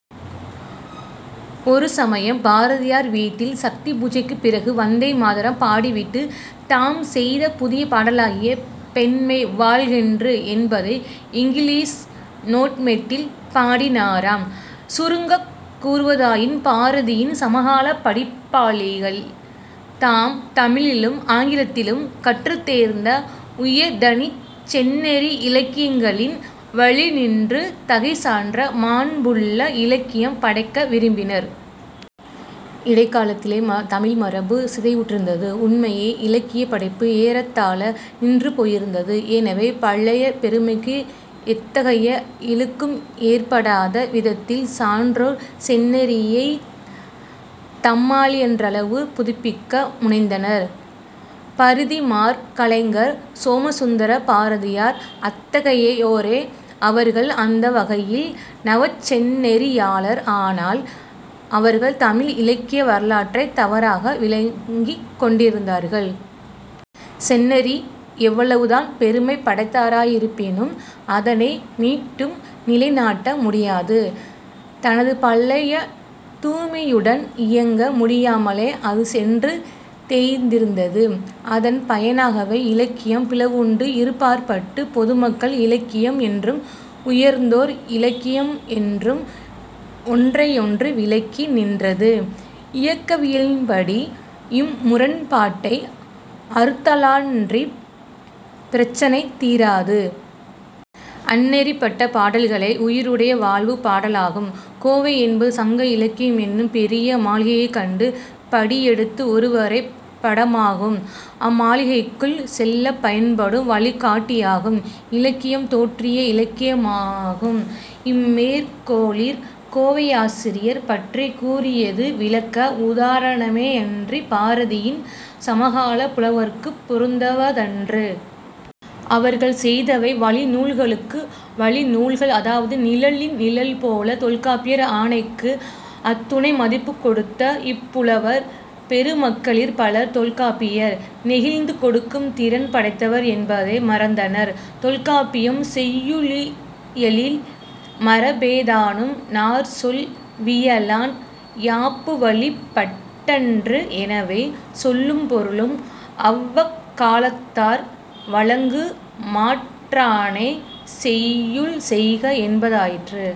ஒரு சமயம் பாரதியார் வீட்டில் சக்தி பூஜைக்குப் பிறகு "வந்தே மாதரம்" பாடிவிட்டு, "தாம் செய்த புதிய பாடலாகிய 'பெண்மை வாழ்கென்று' என்பதை இங்கிலீஷ் "நோட்மெட்டில்" பாடினாராம்.। சுருங்கக் கூறுவதாயின் பாரதியின் சமகாலப் படிப்பாளிகள் தாம் தமிழிலும் ஆங்கிலத்திலும் கற்றுத்தேர்ந்த உயர்தனிச் செந்நெறி இலக்கியங்களின் வழிநின்று தகை சான்ற மாண்புள்ள-இலக்கியம் படைக்க விரும்பினர். இடைக்காலத்திலே தமிழ் மரபு சிதைவுற்றிருந்தது உண்மையே. இலக்கியப் படைப்பு ஏறத்தாழ நின்று போயிருந்தது. எனவே பழைய பெருமைக்கு எத்தகைய இழுக்கும் ஏற்படாத விதத்தில் சான்றோர் செந்நெறியைத் தம்மாலியன்றளவு புதுப்பிக்க முனைந்தனர். பரிதிமாற் கலைஞர், சோமசுந்தர பாரதியார் அத்தகையோரே. அவர்கள் அந்த வகையில் நவசெந்நெறியாளர். ஆனால் அவர்கள் தமிழ் இலக்கிய வரலாற்றைத் தவறாக விளங்கிக் கொண்டிருந்தார்கள். செந்நெறி எவ்வளவு தான் பெருமை படைத்தாராயிருப்பினும், அதனை மீட்டும் நிலைநாட்ட முடியாது. தனது பழைய 'தூய்மை'யுடன் இயங்க முடியாமலே அது சென்று தேய்ந்திருந்தது. அதன் பயனாகவே இலக்கியம் பிளவுண்டு இருபாற்பட்டு, பொதுமக்கள் இலக்கியம் என்றும், உயர்ந்தோர் இலக்கியம் என்றும் ஒன்றையொன்று விலக்கி நின்றது. இயக்கவியலின்படி இம் முரண்பாட்டை அறுத்தாலன்றிப் பிரச்சினை தீராது. அந்நெறிப்பட்ட பாடல்களே உயிருடைய வாழ்வுப் பாடலாகும்... கோவை என்பது சங்க இலக்கியம் என்னும் பெரிய மாளிகையைக் கண்டு படியெடுத்த ஒரு வரைப் படமாகும்; அம்மாளிகைக்குள் செல்லப் பயன்படும் வழிகாட்டியாகும்; இலக்கியம் தோற்றிய இலக்கியமாகும். " இம்மேற்கோளிற் கோவையாசிரியர் பற்றிக் கூறியது விளக்க உதாரணமேயன்றிப் பாரதியின் சமகாலப் புலவர்க்குப் பொருந்துவதன்று. அவர்கள் செய்தவை வழிநூல்களக்கு வழிநூல்கள். அதாவது நிழலின் நிழல்போல! தொல்காப்பியர் ஆணைக்கு அத்துணை மதிப்புக் கொடுத்த இப்புலவர் பெருமக்களிற் பலர் தொல்காப்பியர் நெகிழ்ந்துகொடுக்கும் திறன் படைத்தவர் என்பதை மறந்தனர். தொல்காப்பியம் செய்யுளியலில், "மரபேதானும் நாற் சொல் வியலான் யாப்புவழிப் பட்டன்று" "எனவே, சொல்லும் பொருளும் அவ்வக்காலத்தார் வழங்கு மாற்றானே செய்யுள் செய்க என்பதாயிற்று.